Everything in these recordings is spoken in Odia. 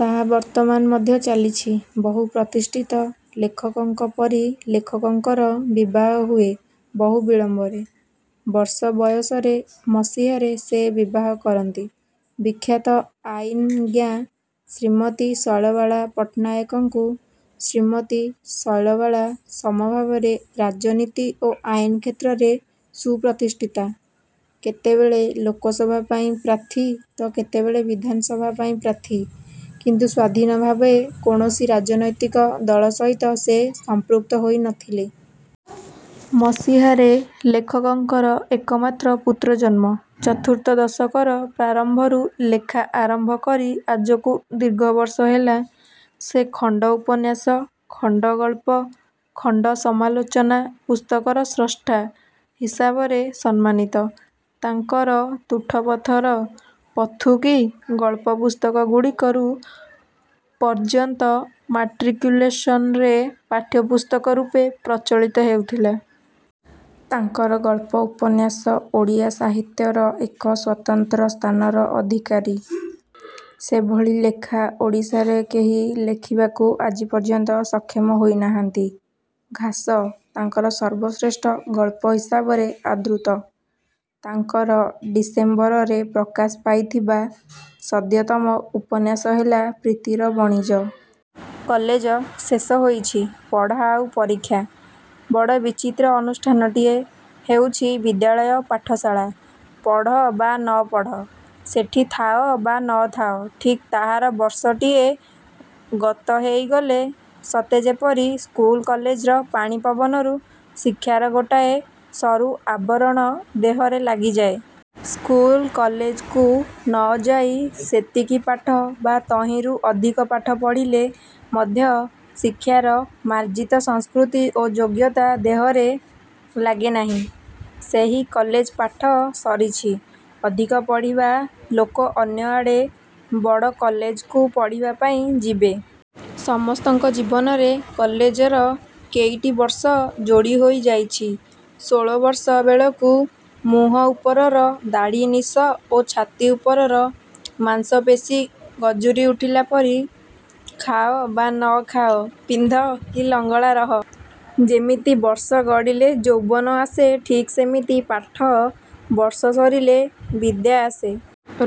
ତାହା ବର୍ତ୍ତମାନ ମଧ୍ୟ ଚାଲିଛି। ବହୁ ପ୍ରତିଷ୍ଠିତ ଲେଖକଙ୍କ ପରି ଲେଖକଙ୍କର ବିବାହ ହୁଏ ବହୁ ବିଳମ୍ବରେ। ବର୍ଷ ବୟସରେ ମସିହାରେ ସେ ବିବାହ କରନ୍ତି ବିଖ୍ୟାତ ଆଇନଜ୍ଞା ଶ୍ରୀମତୀ ଶୈଳବାଳା ପଟ୍ଟନାୟକଙ୍କୁ। ଶ୍ରୀମତୀ ଶୈଳବାଳା ସମଭାବରେ ରାଜନୀତି ଓ ଆଇନ କ୍ଷେତ୍ରରେ ସୁପ୍ରତିଷ୍ଠିତା। କେତେବେଳେ ଲୋକସଭା ପାଇଁ ପ୍ରାର୍ଥୀ ତ କେତେବେଳେ ବିଧାନସଭା ପାଇଁ ପ୍ରାର୍ଥୀ; କିନ୍ତୁ ସ୍ୱାଧୀନ ଭାବେ କୌଣସି ରାଜନୈତିକ ଦଳ ସହିତ ସେ ସଂପୃକ୍ତ ହୋଇ ନ ଥିଲେ। ମସିହାରେ ଲେଖକଙ୍କର ଏକମାତ୍ର ପୁତ୍ର ଜନ୍ମ। ଚତୁର୍ଥ ଦଶକର ପ୍ରାରମ୍ଭରୁ ଲେଖା ଆରମ୍ଭ କରି ଆଜକୁ ଦୀର୍ଘ ବର୍ଷ ହେଲା ସେ ଖଣ୍ଡ ଉପନ୍ୟାସ, ଖଣ୍ଡ ଗଳ୍ପ, ଖଣ୍ଡ ସମାଲୋଚନା ପୁସ୍ତକର ସ୍ରଷ୍ଟା ହିସାବରେ ସମ୍ମାନିତ। ତାଙ୍କର 'ତୁଠପଥର', 'ପଥୁକୀ', ଗଳ୍ପ ପୁସ୍ତକଗୁଡ଼ିକ ରୁ ପର୍ଯ୍ୟନ୍ତ ମ୍ୟାଟ୍ରିକୁଲେସନରେ ପାଠ୍ୟପୁସ୍ତକ ରୂପେ ପ୍ରଚଳିତ ହେଉଥିଲା। ତାଙ୍କର ଗଳ୍ପ ଉପନ୍ୟାସ ଓଡ଼ିଆ ସାହିତ୍ୟର ଏକ ସ୍ୱତନ୍ତ୍ର ସ୍ଥାନର ଅଧିକାରୀ। ସେଭଳି ଲେଖା ଓଡ଼ିଶାରେ କେହି ଲେଖିବାକୁ ଆଜିପର୍ଯ୍ୟନ୍ତ ସକ୍ଷମ ହୋଇ ନାହାନ୍ତି। 'ଘାସ' ତାଙ୍କର ସର୍ବଶ୍ରେଷ୍ଠ ଗଳ୍ପ ହିସାବରେ ଆଦୃତ। ତାଙ୍କର ଡିସେମ୍ବରରେ ପ୍ରକାଶ ପାଇଥିବା ସଦ୍ୟତମ ଉପନ୍ୟାସ ହେଲା 'ପ୍ରୀତିର ବଣିଜ'। କଲେଜ ଶେଷ ହୋଇଛି-ପଢ଼ା ଆଉ ପରୀକ୍ଷା। ବଡ଼ ବିଚିତ୍ର ଅନୁଷ୍ଠାନଟିଏ ହେଉଛି ବିଦ୍ୟାଳୟ-ପାଠଶାଳା। ପଢ଼ ବା ନ ପଢ଼, ସେଠି ଥାଅ ବା ନ ଥାଅ, ଠିକ୍ ତାହାର ବର୍ଷଟିଏ ଗତ ହେଇଗଲେ ସତେ ଯେପରି ସ୍କୁଲ କଲେଜର ପାଣି ପବନରୁ ଶିକ୍ଷାର ଗୋଟାଏ ସରୁ ଆବରଣ ଦେହରେ ଲାଗିଯାଏ। ସ୍କୁଲ କଲେଜକୁ ନ ଯାଇ ସେତିକି ପାଠ ବା ତହିଁରୁ ଅଧିକ ପାଠ ପଢ଼ିଲେ ମଧ୍ୟ ଶିକ୍ଷାର ମାର୍ଜିତ ସଂସ୍କୃତି ଓ ଯୋଗ୍ୟତା ଦେହରେ ଲାଗେ ନାହିଁ। ସେହି କଲେଜ ପାଠ ସରିଛି। ଅଧିକ ପଢ଼ିବା ଲୋକ ଅନ୍ୟ ଆଡ଼େ ବଡ଼ କଲେଜକୁ ପଢ଼ିବା ପାଇଁ ଯିବେ। ସମସ୍ତଙ୍କ ଜୀବନରେ କଲେଜର କେଇଟି ବର୍ଷ ଯୋଡ଼ିହୋଇ ଯାଇଛି-ଷୋଳବର୍ଷ ବେଳକୁ ମୁହଁ ଉପରର ଦାଢ଼ି ନିଶ ଓ ଛାତି ଉପରର ମାଂସପେଶୀ ଗଜୁରୀ ଉଠିଲା ପରି-। ଖାଅ ବା ନ ଖାଅ, ପିନ୍ଧ କି ଲଙ୍ଗଳା ରହ ଯେମିତି ବର୍ଷ ଗଡ଼ିଲେ ଯୌବନ ଆସେ ଠିକ୍ ସେମିତି ପାଠ-ବର୍ଷ ସରିଲେ ବିଦ୍ୟା ଆସେ।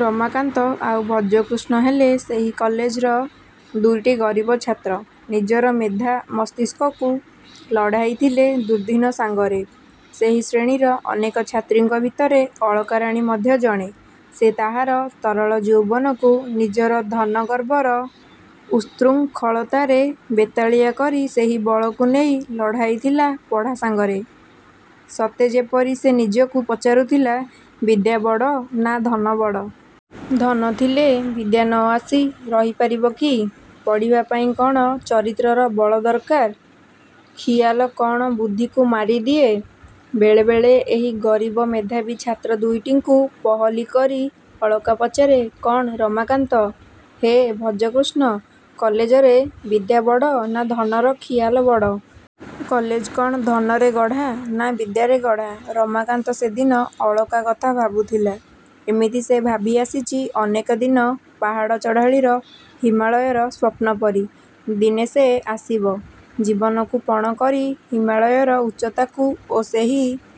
ରମାକାନ୍ତ ଆଉ ଭଜକୃଷ୍ଣ ହେଲେ ସେହି କଲେଜର ଦୁଇଟି ଗରିବ ଛାତ୍ର-ନିଜର ମେଧା ମସ୍ତିଷ୍କକୁ ଲଢ଼ାଇ ଥିଲେ ଦୁର୍ଦ୍ଦିନ ସାଙ୍ଗରେ। ସେହି ଶ୍ରେଣୀର ଅନେକ ଛାତ୍ରୀଙ୍କ ଭିତରେ ଅଳକାରାଣୀ ମଧ୍ୟ ଜଣେ। ସେ ତାହାର ତରଳ ଯୌବନକୁ ନିଜର ଧନ ଗର୍ବର ଉତ୍ସୃଙ୍ଖଳତାରେ ବେତାଳିଆ କରି ସେହି ବଳକୁ ନେଇ ଲଢ଼ାଇଥିଲା ପଢ଼ା ସାଙ୍ଗରେ-ସତେ ଯେପରି ସେ ନିଜକୁ ପଚାରୁଥିଲା- ବିଦ୍ୟା ବଡ଼ ନା ଧନ ବଡ଼? ଧନ ଥିଲେ ବିଦ୍ୟା ନ ଆସି ରହି ପାରିବ କି? ପଢ଼ିବା ପାଇଁ କ'ଣ ଚରିତ୍ରର ବଳ ଦରକାର? ଖିଆଲ କ'ଣ ବୁଦ୍ଧିକୁ ମାରିଦିଏ? ବେଳେବେଳେ ଏହି ଗରିବ ମେଧାବୀ ଛାତ୍ର ଦୁଇଟିଙ୍କୁ ପହଲି କରି ଅଳକା ପଚାରେ-କ'ଣ ରମାକାନ୍ତ? -ହେ ଭଜକୃଷ୍ଣ? -କଲେଜରେ ବିଦ୍ୟା ବଡ଼ ନା ଧନର ଖିଆଲ ବଡ଼? କଲେଜ କ'ଣ ଧନରେ ଗଢ଼ା ନା ବିଦ୍ୟାରେ ଗଢ଼ା? ରମାକାନ୍ତ ସେଦିନ ଅଳକା କଥା ଭାବୁଥିଲା। ଏମିତି ସେ ଭାବି ଆସିଛି ଅନେକ ଦିନ-ପାହାଡ଼ ଚଢ଼ାଳୀର ହିମାଳୟର ସ୍ୱପ୍ନ ପରି। ଦିନେ ସେ ଆସିବ। ଜୀବନକୁ ପଣ କରି ହିମାଳୟର ଉଚ୍ଚତାକୁ ଓ ସେହି